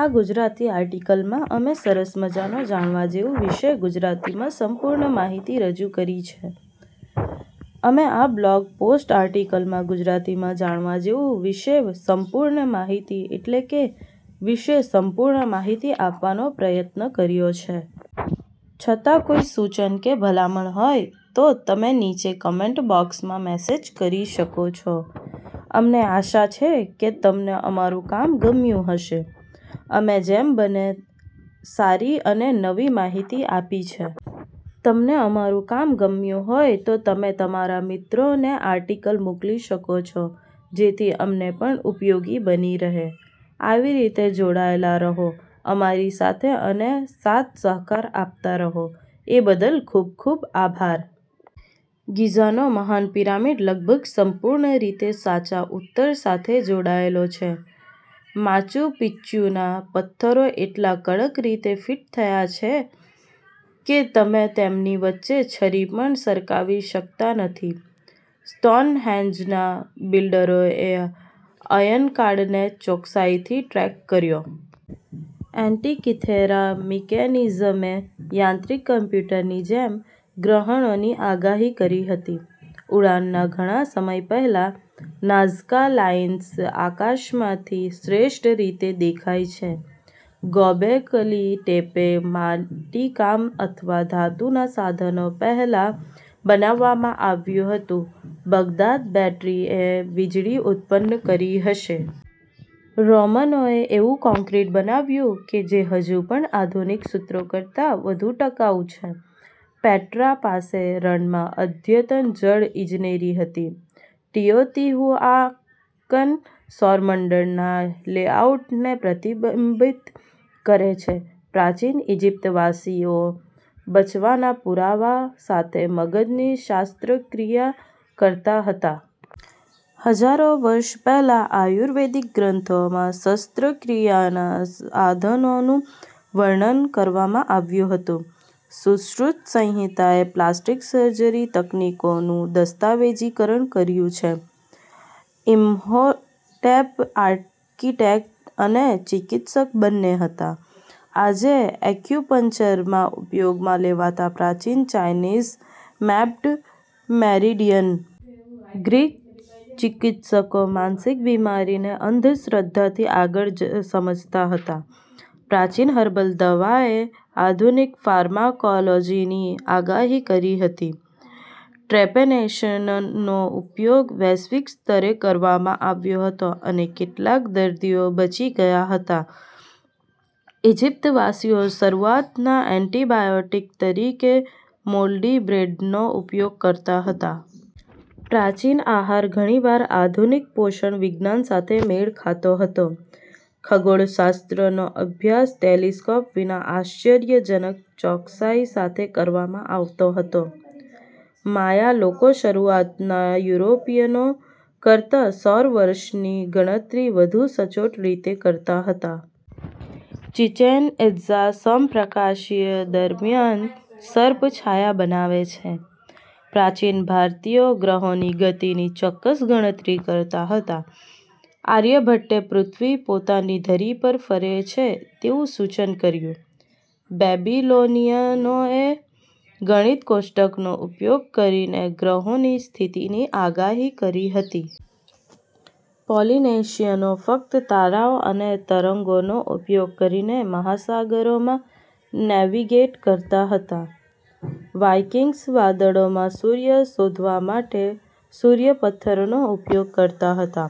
આ ગુજરાતી આર્ટીકલમાં અમે સરસ મજાનો જાણવા જેવું વિશે ગુજરાતીમાં સંપૂર્ણ માહિતી રજુ કરી છે… અમે આ બ્લોગ પોસ્ટ આર્ટિકલમાં ગુજરાતીમાં જાણવા જેવું વિશે સંપૂર્ણ માહિતી એટલે કે વિશે સંપૂર્ણ માહિતી આપવાનો પ્રયત્ન કર્યો છે. છતાં કોઈ સૂચન કે ભલામણ હોય તો તમે નીચે કોમેન્ટ બોક્સ માં મેસેજ કરી શકો છો. અમને આશા છે કે તમને અમારું કામ ગમ્યું હશે. અમે જેમ બને સારી અને નવી માહિતી આપી છે. તમને અમારું કામ ગમ્યું હોય તો તમે તમારા મિત્રો ને આ આર્ટિકલ મોકલી શકો છો જેથી એમને પણ ઉપયોગી બની રહે. આવી રીતે જોડાયેલા રહો અમારી સાથે અને સાથ સહકાર આપતા રહો, એ બદલ ખુબ ખુબ આભાર. ગીઝાનો મહાન પિરામિડ લગભગ સંપૂર્ણ રીતે સાચા ઉત્તર સાથે જોડાયેલો છે. માચુ પિચ્ચુના પથ્થરો એટલા કડક રીતે ફિટ થાય છે કે તમે તેમની વચ્ચે છરી પણ સરકાવી શકતા નથી. સ્ટોનહેંજના બિલ્ડરોએ અયનકાળને ચોકસાઈથી ટ્રેક કર્યો. એન્ટિકિથેરા મિકેનિઝમે યાંત્રિક કમ્પ્યુટરની જેમ ગ્રહણોની આગાહી કરી હતી. ઉડાનના ઘણા સમય પહેલા, નાઝકા લાઇન્સ આકાશમાંથી શ્રેષ્ઠ રીતે દેખાય છે. ગોબેકલી ટેપે માટીકામ અથવા ધાતુના સાધનો પહેલાં બનાવવામાં આવ્યું હતું. બગદાદ બેટરીએ વીજળી ઉત્પન્ન કરી હશે. રોમનોએ એવું કોંક્રિટ બનાવ્યું જે હજુ પણ આધુનિક સૂત્રો કરતાં વધુ ટકાઉ છે. પેટ્રા પાસે રણમાં અદ્યતન જળ ઇજનેરી હતી. ટિયોતિહુઆકન સૌરમંડળના લેઆઉટને પ્રતિબિંબિત કરે છે. પ્રાચીન ઇજિપ્તવાસીઓ બચવાના પુરાવા સાથે મગજની શસ્ત્રક્રિયા કરતા હતા. હજારો વર્ષ પહેલાં આયુર્વેદિક ગ્રંથોમાં શસ્ત્રક્રિયાના સાધનોનું વર્ણન કરવામાં આવ્યું હતું. સુશ્રુત સંહિતાએ પ્લાસ્ટિક સર્જરી તકનીકોનું દસ્તાવેજીકરણ કર્યું છે. ઇમ્હોટેપ આર્કિટેક્ટ અને ચિકિત્સક બંને હતા. આજે એક્યુપંક્ચરમાં ઉપયોગમાં લેવાતા પ્રાચીન ચાઇનીઝ મેપ્ડ મેરિડીયન. ગ્રીક ચિકિત્સકો માનસિક બીમારીને અંધશ્રદ્ધાથી આગળ સમજતા હતા. પ્રાચીન હર્બલ દવાએ આધુનિક ફાર્માકોલોજીની આગાહી કરી હતી. ટ્રેપેનેશનનો ઉપયોગ વૈશ્વિક સ્તરે કરવામાં આવ્યો હતો અને કેટલાક દર્દીઓ બચી ગયા હતા. ઇજિપ્તવાસીઓ શરૂઆતના એન્ટિબાયોટિક્સ તરીકે મોલ્ડી બ્રેડનો ઉપયોગ કરતા હતા. પ્રાચીન આહાર ઘણીવાર આધુનિક પોષણ વિજ્ઞાન સાથે મેળ ખાતો હતો. ખગોળશાસ્ત્રનો અભ્યાસ ટેલિસ્કોપ વિના આશ્ચર્યજનક ચોકસાઈ સાથે કરવામાં આવતો હતો. માયા લોકો શરૂઆતના યુરોપિયનો કરતાં સૌર વર્ષની ગણતરી વધુ સચોટ રીતે કરતા હતા. ચિચેન ઇત્ઝા સમપ્રકાશીય દરમિયાન સર્પ છાયા બનાવે છે. પ્રાચીન ભારતીયો ગ્રહોની ગતિની ચોક્કસ ગણતરી કરતા હતા. આર્યભટ્ટે પૃથ્વી પોતાની ધરી પર ફરે છે તેવું સૂચન કર્યું. બેબીલોનીયનોએ ગણિત કોષ્ટકોનો ઉપયોગ કરીને ગ્રહોની સ્થિતિની આગાહી કરી હતી. પોલિનેશિયનો ફક્ત તારાઓ અને તરંગોનો ઉપયોગ કરીને મહાસાગરોમાં નેવિગેટ કરતા હતા. વાઇકિંગ્સ વાદળોમાં સૂર્ય શોધવા માટે સૂર્યપત્થરોનો ઉપયોગ કરતા હતા.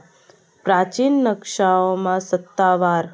પ્રાચીન નકશાઓમાં સત્તાવાર